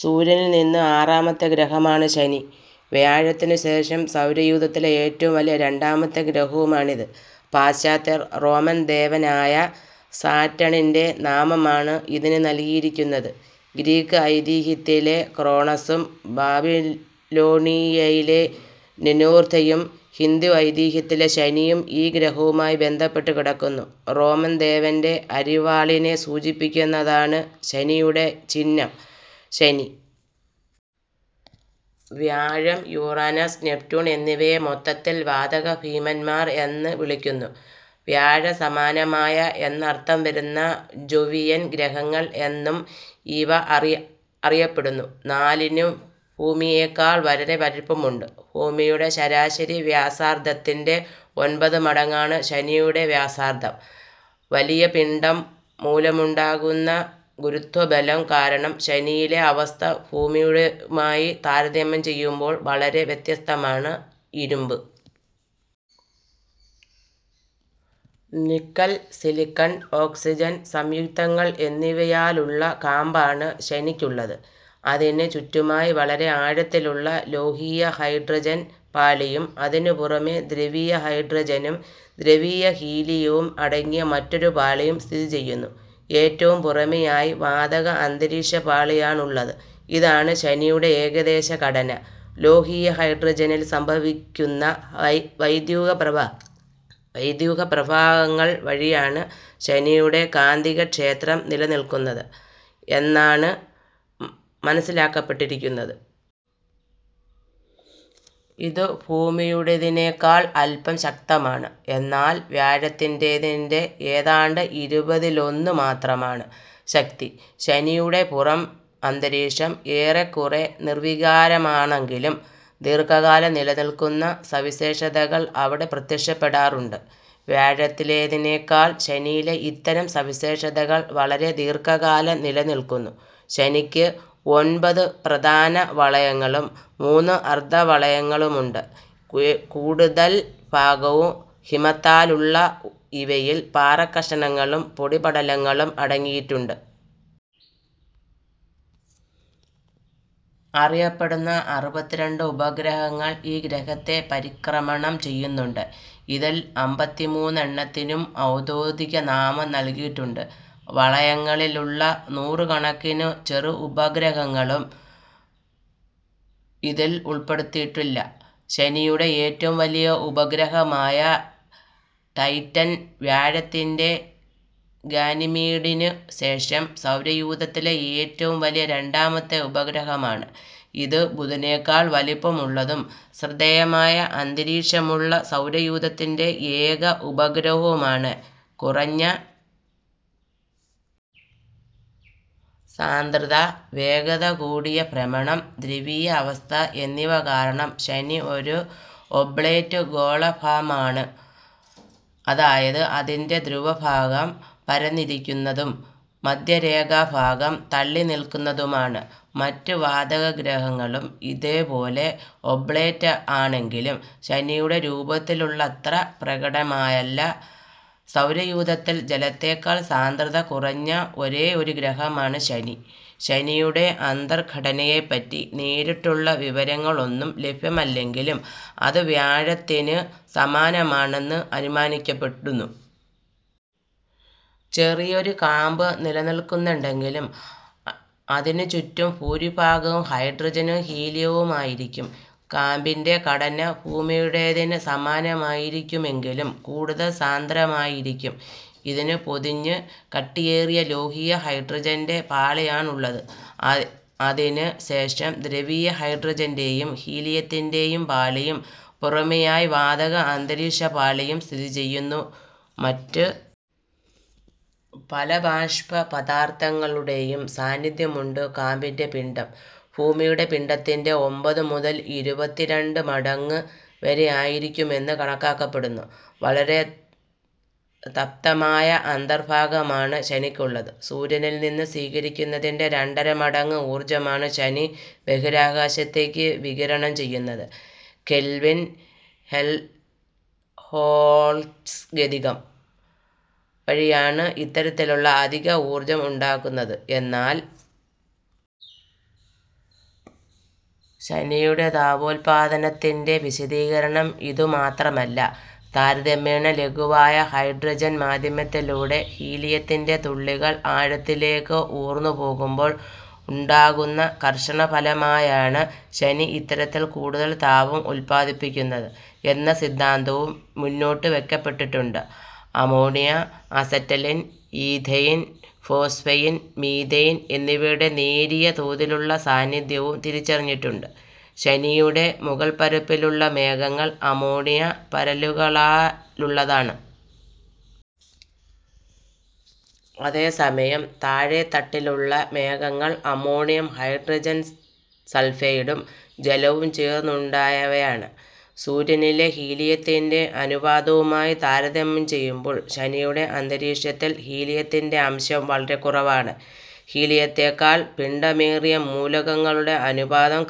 സൂര്യനിൽനിന്നും ആറാമത്തെ ഗ്രഹമാണ് ശനി. വ്യാഴത്തിനു ശേഷം സൗരയൂഥത്തിലെ ഏറ്റവും വലിയ രണ്ടാമത്തെ ഗ്രഹവുമാണിത്. പാശ്ചാത്യർ റോമൻ ദേവനായ സാറ്റണിൻ്റെ നാമമാണ് ഇതിന് നൽകിയിരിക്കുന്നത്. ഗ്രീക്ക് ഐതിഹ്യത്തിലെ ക്രോണസും ബാബിലോണിയയിലെ നിനൂർതയും ഹിന്ദു ഐതിഹ്യത്തിലെ ശനിയും ഈ ഗ്രഹവുമായി ബന്ധപ്പെട്ടു കിടക്കുന്നു. റോമൻ ദേവൻ്റെ അരിവാളിനെ സൂചിപ്പിക്കുന്നതാണ് ശനിയുടെ ചിഹ്നം.ശനി, വ്യാഴം, യുറാനസ്, നെപ്റ്റ്യൂൺ എന്നിവയെ മൊത്തത്തിൽ വാതകഭീമന്മാർ എന്ന് വിളിക്കുന്നു. വ്യാഴസമാനമായ എന്നർഥം വരുന്ന ജൊവിയൻ ഗ്രഹങ്ങൾ എന്നും ഇവ അറിയപ്പെടുന്നു. നാലിനും ഭൂമിയെക്കാൾ വളരെ വലിപ്പമുണ്ട്. ഭൂമിയുടെ ശരാശരി വ്യാസാർധത്തിൻ്റെ ഒൻപത് മടങ്ങാണ് ശനിയുടെ വ്യാസാർധം. വലിയ പിണ്ഡം മൂലമുണ്ടാകുന്ന ഗുരുത്വബലം കാരണം ശനിയിലെ അവസ്ഥ ഭൂമിയുടേതുമായി താരതമ്യം ചെയ്യുമ്പോൾ വളരെ വ്യത്യസ്തമാണ്. ഇരുമ്പ്, നിക്കൽ, സിലിക്കൺ, ഓക്സിജൻ സംയുക്തങ്ങൾ എന്നിവയാലുള്ള കാമ്പാണ് ശനിക്കുള്ളത്. അതിനു ചുറ്റുമായി വളരെ ആഴത്തിലുള്ള ലോഹീയ ഹൈഡ്രജൻ്റെ പാളിയും അതിനുപുറമേ ദ്രവീയ ഹൈഡ്രജനും ദ്രവീയ ഹീലിയവും അടങ്ങിയ മറ്റൊരു പാളിയും സ്ഥിതിചെയ്യുന്നു. ഏറ്റവും പുറമേയായി വാതക അന്തരീക്ഷ പാളിയാണുള്ളത്. ഇതാണ് ശനിയുടെ ഏകദേശ ഘടന. ലോഹീയ ഹൈഡ്രജനിൽ സംഭവിക്കുന്ന വൈദ്യുതപ്രവാഹങ്ങൾ വഴിയാണ് ശനിയുടെ കാന്തികക്ഷേത്രം നിലനിൽക്കുന്നത് എന്നാണ് മനസ്സിലാക്കപ്പെട്ടിരിക്കുന്നത്. ഇത് ഭൂമിയുടേതിനേക്കാൾ അല്പം ശക്തമാണ്. എന്നാൽ വ്യാഴത്തിന്റേതിൻ്റെ ഏതാണ്ട് ഇരുപതിലൊന്ന് മാത്രമാണ് ശക്തി. ശനിയുടെ പുറം അന്തരീക്ഷം ഏറെക്കുറെ നിർവികാരമാണെങ്കിലും ദീർഘകാലം നിലനിൽക്കുന്ന സവിശേഷതകൾ അവിടെ പ്രത്യക്ഷപ്പെടാറുണ്ട്. വ്യാഴത്തിലേതിനേക്കാൾ ശനിയിലെ ഇത്തരം സവിശേഷതകൾ വളരെ ദീർഘകാലം നിലനിൽക്കുന്നു. ശനിക്ക് ഒൻപത് പ്രധാന വളയങ്ങളും മൂന്ന് അർധവളയങ്ങളുമുണ്ട്. കൂടുതൽ ഭാഗവും ഹിമത്താലുള്ള ഇവയിൽ പാറക്കഷണങ്ങളും പൊടിപടലങ്ങളും അടങ്ങിയിട്ടുണ്ട്. അറിയപ്പെടുന്ന അറുപത്തിരണ്ട് ഉപഗ്രഹങ്ങൾ ഈ ഗ്രഹത്തെ പരിക്രമണം ചെയ്യുന്നുണ്ട്. ഇതിൽ അമ്പത്തിമൂന്ന് എണ്ണത്തിനും ഔദ്യോഗിക നാമം നൽകിയിട്ടുണ്ട്. വളയങ്ങളിലുള്ള നൂറുകണക്കിന് ചെറുപഗ്രഹങ്ങളെ ഇതിൽ ഉൾപ്പെടുത്തിയിട്ടില്ല. ശനിയുടെ ഏറ്റവും വലിയ ഉപഗ്രഹമായ ടൈറ്റൻ വ്യാഴത്തിൻ്റെ ഗാനിമീഡിന് ശേഷം സൗരയൂഥത്തിലെ ഏറ്റവും വലിയ രണ്ടാമത്തെ ഉപഗ്രഹമാണ്. ഇത് ബുധനേക്കാൾ വലിപ്പമുള്ളതും ശ്രദ്ധേയമായ അന്തരീക്ഷമുള്ള സൗരയൂഥത്തിലെ ഏക ഉപഗ്രഹവുമാണ്. കുറഞ്ഞ സാന്ദ്രത, വേഗത കൂടിയ ഭ്രമണം, ദ്രവീയ അവസ്ഥ എന്നിവ കാരണം ശനി ഒരു ഒബ്ലേറ്റ് ഗോളാഭമാണ്. അതായത് അതിൻ്റെ ധ്രുവഭാഗം പരന്നിരിക്കുന്നതും മധ്യരേഖാഭാഗം തള്ളിനിൽക്കുന്നതുമാണ്. മറ്റ് വാതകഗ്രഹങ്ങളും ഇതുപോലെ ഒബ്ലേറ്റ് ആണെങ്കിലും ശനിയുടെ രൂപത്തിലുള്ളത്ര പ്രകടമായല്ല. സൗരയൂഥത്തിൽ ജലത്തേക്കാൾ സാന്ദ്രത കുറഞ്ഞ ഒരേയൊരു ഗ്രഹമാണ് ശനി. ശനിയുടെ അന്തർഘടനയെപ്പറ്റി നേരിട്ടുള്ള വിവരങ്ങളൊന്നും ലഭ്യമല്ലെങ്കിലും അത് വ്യാഴത്തിന് സമാനമാണെന്ന് അനുമാനിക്കപ്പെടുന്നു. ചെറിയൊരു കാമ്പ് നിലനിൽക്കുന്നുണ്ടെങ്കിലും അതിനു ചുറ്റും ഭൂരിഭാഗവും ഹൈഡ്രജനും ഹീലിയവുമായിരിക്കും. കാമ്പിൻ്റെ ഘടന ഭൂമിയുടേതിന് സമാനമായിരിക്കുമെങ്കിലും കൂടുതൽ സാന്ദ്രമായിരിക്കും. ഇതിനെ പൊതിഞ്ഞ് കട്ടിയേറിയ ലോഹീയ ഹൈഡ്രജൻ്റെ പാളിയാണുള്ളത്. അതിനു ശേഷം ദ്രവീയ ഹൈഡ്രജൻ്റെ യും ഹീലിയത്തിൻ്റെ യും പാളിയും പുറമേയായി വാതക അന്തരീക്ഷ പാളിയും സ്ഥിതിചെയ്യുന്നു. മറ്റ് പല ബാഷ്പ പദാർഥങ്ങളുടെയും സാന്നിധ്യമുണ്ട്. കാമ്പിൻ്റെ പിണ്ഡം ഭൂമിയുടെ പിണ്ഡത്തിൻ്റെ ഒൻപത് മുതൽ ഇരുപത്തിരണ്ട് മടങ്ങ് വരെയായിരിക്കുമെന്ന് കണക്കാക്കപ്പെടുന്നു. വളരെ തപ്തമായ അന്തർഭാഗമാണ് ശനിക്കുള്ളത്. സൂര്യനിൽനിന്ന് സ്വീകരിക്കുന്നതിൻ്റെ രണ്ടര മടങ്ങ് ഊർജമാണ് ശനി ബഹിരാകാശത്തേക്ക് വികിരണം ചെയ്യുന്നത്. കെൽവിൻ ഹെൽംഹോൾട്സ് ഗതികം വഴിയാണ് ഇത്തരത്തിലുള്ള അധിക ഊർജം ഉണ്ടാകുന്നത്. എന്നാൽ ശനിയുടെ താപോൽപാദനത്തിൻ്റെ വിശദീകരണം ഇതുമാത്രമല്ല. താരതമ്യേന ലഘുവായ ഹൈഡ്രജൻ മാധ്യമത്തിലൂടെ ഹീലിയത്തിൻ്റെ തുള്ളികൾ ആഴത്തിലേക്ക് ഊർന്നുപോകുമ്പോൾ ഉണ്ടാകുന്ന ഘർഷണഫലമായാണ് ശനി ഇത്തരത്തിൽ കൂടുതൽ താപം ഉൽപാദിപ്പിക്കുന്നത് എന്ന സിദ്ധാന്തവും മുന്നോട്ടുവയ്ക്കപ്പെട്ടിട്ടുണ്ട്. Ammonia, acetylene, ethane, phosphine, methane എന്നിവയുടെ നേരിയ തോതിലുള്ള സാന്നിധ്യവും തിരിച്ചറിഞ്ഞിട്ടുണ്ട്. ശനിയുടെ മുകൾപ്പരപ്പിലുള്ള മേഘങ്ങൾ അമോണിയ പരലുകളാലുള്ളതാണ്. അതേസമയം താഴെത്തട്ടിലുള്ള മേഘങ്ങൾ അമോണിയം ഹൈഡ്രോസൾഫൈഡും ജലവും ചേർന്നുള്ളവയാണ്. സൂര്യനിലെ ഹീലിയത്തിൻ്റെ അനുപാതവുമായി താരതമ്യം ചെയ്യുമ്പോൾ ശനിയുടെ അന്തരീക്ഷത്തിൽ ഹീലിയത്തിൻ്റെ അംശം വളരെ കുറവാണ്. ഹീലിയത്തേക്കാൾ പിണ്ഡമേറിയ മൂലകങ്ങളുടെ അനുപാതം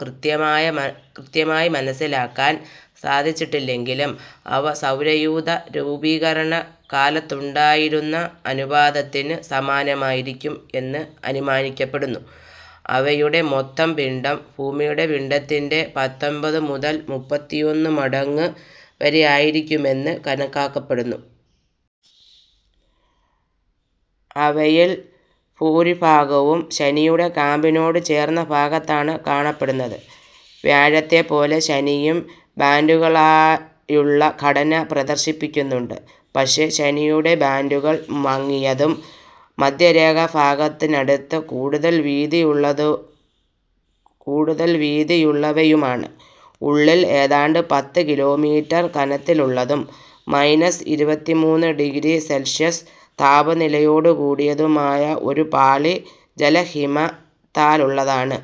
കൃത്യമായി മനസ്സിലാക്കാൻ സാധിച്ചിട്ടില്ലെങ്കിലും അവ സൗരയൂഥ രൂപീകരണകാലത്തുണ്ടായിരുന്ന അനുപാതത്തിന് സമാനമായിരിക്കും എന്ന് അനുമാനിക്കപ്പെടുന്നു. അവയുടെ മൊത്തം പിണ്ഡം ഭൂമിയുടെ പിണ്ഡത്തിൻ്റെ പത്തൊൻപത് മുതൽ മുപ്പത്തിയൊന്ന് മടങ്ങ് വരെയായിരിക്കുമെന്ന് കണക്കാക്കപ്പെടുന്നു. അവയിൽ ഭൂരിഭാഗവും ശനിയുടെ കാമ്പിനോട് ചേർന്ന ഭാഗത്താണ് കാണപ്പെടുന്നത്. വ്യാഴത്തെപ്പോലെ ശനിയും ബാൻഡുകളായുള്ള ഘടന പ്രദർശിപ്പിക്കുന്നുണ്ട്. പക്ഷേ ശനിയുടെ ബാൻഡുകൾ മങ്ങിയതും മധ്യരേഖാഭാഗത്തിനടുത്ത് കൂടുതൽ വീതിയുള്ളവയുമാണ്. ഉള്ളിൽ ഏതാണ്ട് പത്ത് കിലോമീറ്റർ കനത്തിലുള്ളതും മൈനസ് ഇരുപത്തിമൂന്ന് ഡിഗ്രി സെൽഷ്യസ് താപനിലയോടുകൂടിയതുമായ ഒരു പാളി ജലഹിമത്താലുള്ളതാണ്.